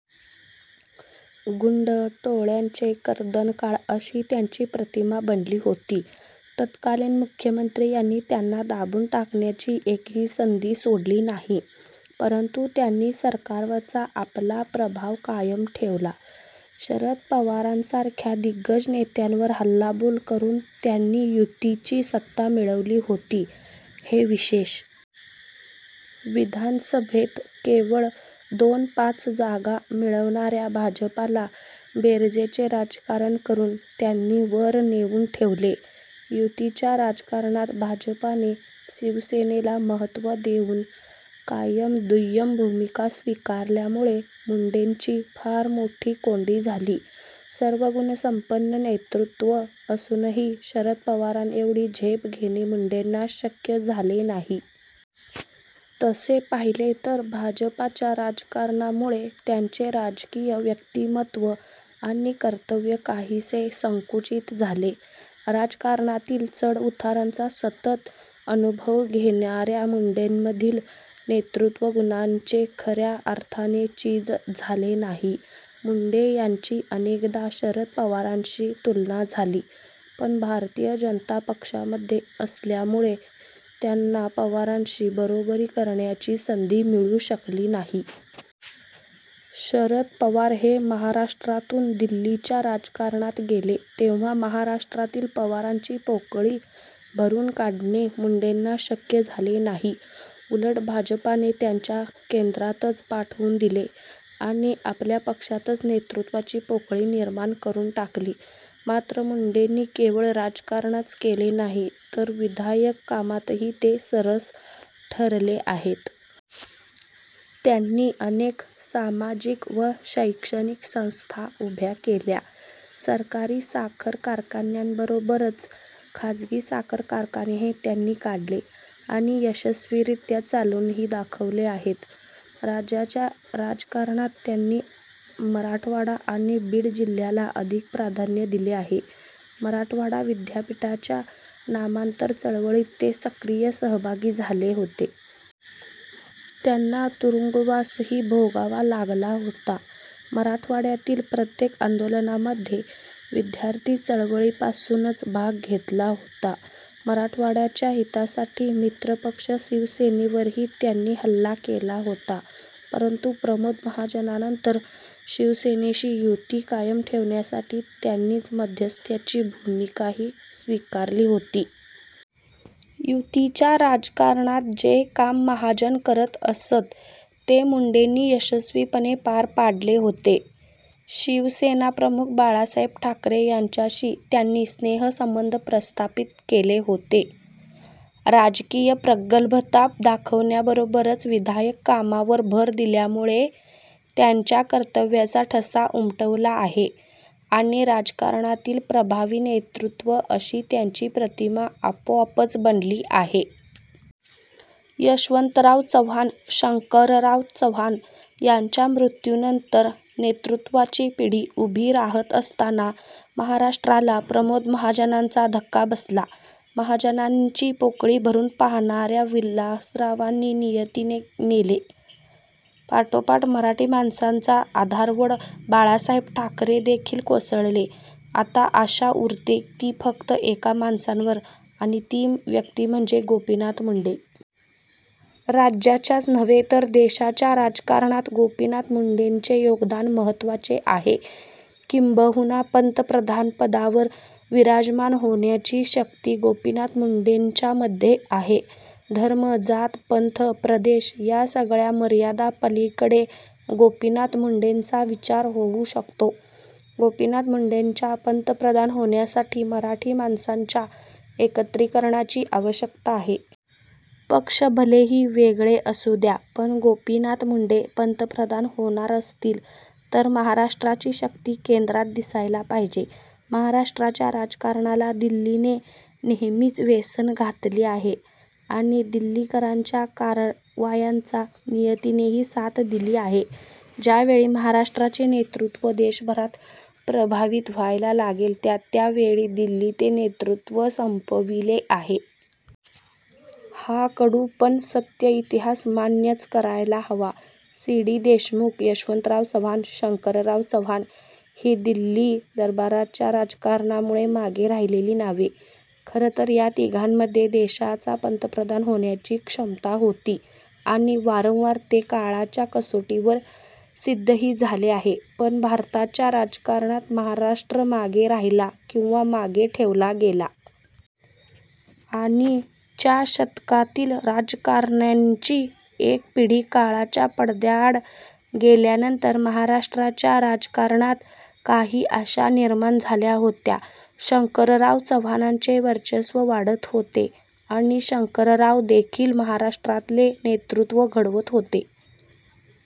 गुण्ड टोळय़ांचे कर्दनकाळ अशी त्यांची प्रतिमा बनली होती. तत्कालीन मुख्यमंत्री यांनी त्यांना दाबून टाकण्याची एकही संधी सोडली नाही; परंतु त्यांनी सरकारवरचा आपला प्रभाव कायम ठेवला. शरद पवारांसारख्या दिग्गज नेत्यावर हल्लाबोल करून त्यांनी युतीची सत्ता मिळवली होती, हे विशेष. विधानसभेत केवळ दोन-पाच जागा मिळवणाऱ्या भाजपाला बेरजेचे राजकारण करून त्यांनी वर नेऊन ठेवले. युतीच्या राजकारणात भाजपाने शिवसेनेला महत्त्व देऊन कायम दुय्यम भूमिका स्वीकारल्यामुळे मुंडेंची फार मोठी कोंडी झाली. सर्वगुणसम्पन्न नेतृत्व असूनही शरद पवारांएवढी झेप घेणे मुंडेंना शक्य झाले नाही. तसे पाहिले तर भाजपाच्या राजकारणामुळे त्यांचे राजकीय व्यक्तिमत्त्व आणि कर्तृत्त्व काहीसे संकुचित झाले. राजकारणातील चढउतारांचा सतत अनुभव घेणाऱ्या मुंडेंमधील नेतृत्व गुणांचे खऱ्या अर्थाने चिज झाले नाही. मुंडे यांची अनेकदा शरद पवारांशी तुलना झाली; पण भारतीय जनता पक्षामध्ये असल्यामुळे त्यांना पवारांशी बरोबरी करण्याची संधी मिळू शकली नाही. शरद पवार हे महाराष्ट्रातून दिल्लीच्या राजकारणात गेले, तेव्हा महाराराष्ट्रातील पवारांची पोकळी भरून काढणे मुंडेंना शक्य झाले नाही. उलट भाजपाने त्यांना केंद्रातच पाठवून दिले आणि आपल्या पक्षातच नेतृत्वाची पोकळी निर्माण करून टाकली. मात्र मुंडेंनी केवळ राजकारणच केले नाही, तर विधायक कामातही ते सरस ठरले आहेत. त्यांनी अनेक सामाजिक व शैक्षणिक संस्था उभ्या केल्या. सहकारी साखर कारखान्यांबरोबरच खाजगी साखर कारखानेही त्यांनी काढले आणि यशस्वीरीत्या चालवूनही दाखवले आहेत. राज्याच्या राजकारणात त्यांनी मराठवाडा आणि बीड जिल्ह्याला अधिक प्राधान्य दिले आहे. मराठवाडा विद्यापीठाच्या नामांतर चळवळीत ते सक्रिय सहभागी झाले होते. त्यांना तुरुंगवासही भोगावा लागला होता. मराठवाडय़ातील प्रत्येक आंदोलनामध्ये विद्यार्थी चळवळीपासूनच भाग घेतला होता. मराठवाडय़ाच्या हितासाठी मित्रपक्ष शिवसेनेवरही त्यांनी हल्ला केला होता; परंतु प्रमोद महाजनांनंतर शिवसेनेशी युती कायम ठेवण्यासाठी त्यांनीच मध्यस्थाची भूमिकाही स्वीकारली होती. युतीच्या राजकारणात जे काम महाजन करतअसत ते मुंडेंनी यशस्वीपणे पार पाडले होते. शिवसेनाप्रमुख बाळासाहेब ठाकरे यांच्याशी त्यांनी स्नेहसंबंध प्रस्थापित केले होते. राजकीय प्रगल्भता दाखवण्याबरोबरच विधायक कामावर भर दिल्यामुळे त्यांच्या कर्तृत्त्वाचा ठसा उमटवला आहे आणि राजकारणातील प्रभावी नेतृत्व अशी त्यांची प्रतिमा आपोआपच बनली आहे. यशवन्तराव चव्हाण, शंकरराव चव्हाण यांच्या मृत्यूनंतर नेतृत्वाची पिढी उभी राहत असताना महाराष्ट्राला प्रमोद महाजनांचा धक्का बसला. महाजनांची पोकळी भरू पाहणाऱ्या विलासरावांना नियतीने नेले. पाठोपाठ मराठी माणसांचा आधारवड बाळासाहेबदेखील कोसळले. आता आशा उरते ती फक्त एका माणसांवर आणि ती व्यक्ती म्हणजे गोपीनाथ मुंडे. राज्याच्याच नव्हे तर देशाच्या राजकारणात गोपीनाथ मुंडेचे योगदान महत्त्वाचे आहे. किंबहुना पन्तप्रधानपदावर विराजमान होण्याची शक्ती गोपीनाथ मुंडेच्यामध्ये आहे. धर्म-जात-पंथ-प्रदेश या सगळय़ा मर्यादांपलीकडे गोपीनाथ मुंडेचा विचार होऊ शकतो. गोपीनाथ मुंडेच्या पन्तप्रधान होण्यासाठी मराठी माणसांच्या एकत्रीकरणाची आवश्यकता आहे. पक्ष भलेही वेगळे असू द्या पण गोपीनाथ मुंडे पन्तप्रधान होणार असतील तर महाराष्ट्राची शक्ती केंद्रात दिसायला पाहिजे. महाराष्ट्राच्या राजकारणाला दिल्लीने नेहमीच वेसण घातली आहे आणि दिल्लीकरांच्या कारवायांचा नियतीनेही साथ दिली आहे. ज्या वेळी महाराष्ट्राचे नेतृत्व देशभरात प्रभावित व्हायला लागेल त्या त्या वेळी दिल्ली ते नेतृत्व संपविले आहे. हा कडू पण सत्य इतिहास मान्यच करायला हवा. सी. डी. देशमुख, यशवन्तराव चव्हाण, शंकरराव चव्हाण ही दिल्ली दरबाराच्या राजकारणामुळे मागे राहिलेली नावे. खरंतर या तिघांमध्ये देशाचा पन्तप्रधान होण्याची क्षमता होती आणि वारंवार ते काळाच्या कसोटीवर सिद्धही झाले आहे; पण भारताच्या राजकारणात महाराष्ट्र मागे राहिला किंवा मागे ठेवला गेला. आणि च्या शतकातील राजकारण्यांची एक पिढी काळाच्या पडद्याआड गेल्यानंतर महाराष्ट्राच्या राजकारणात काही आशा निर्माण झाल्या होत्या. शंकरराव चव्हाणांचे वर्चस्व वाढत होते आणि शंकररावदेखील महाराष्ट्रातले नेतृत्व घडवत होते.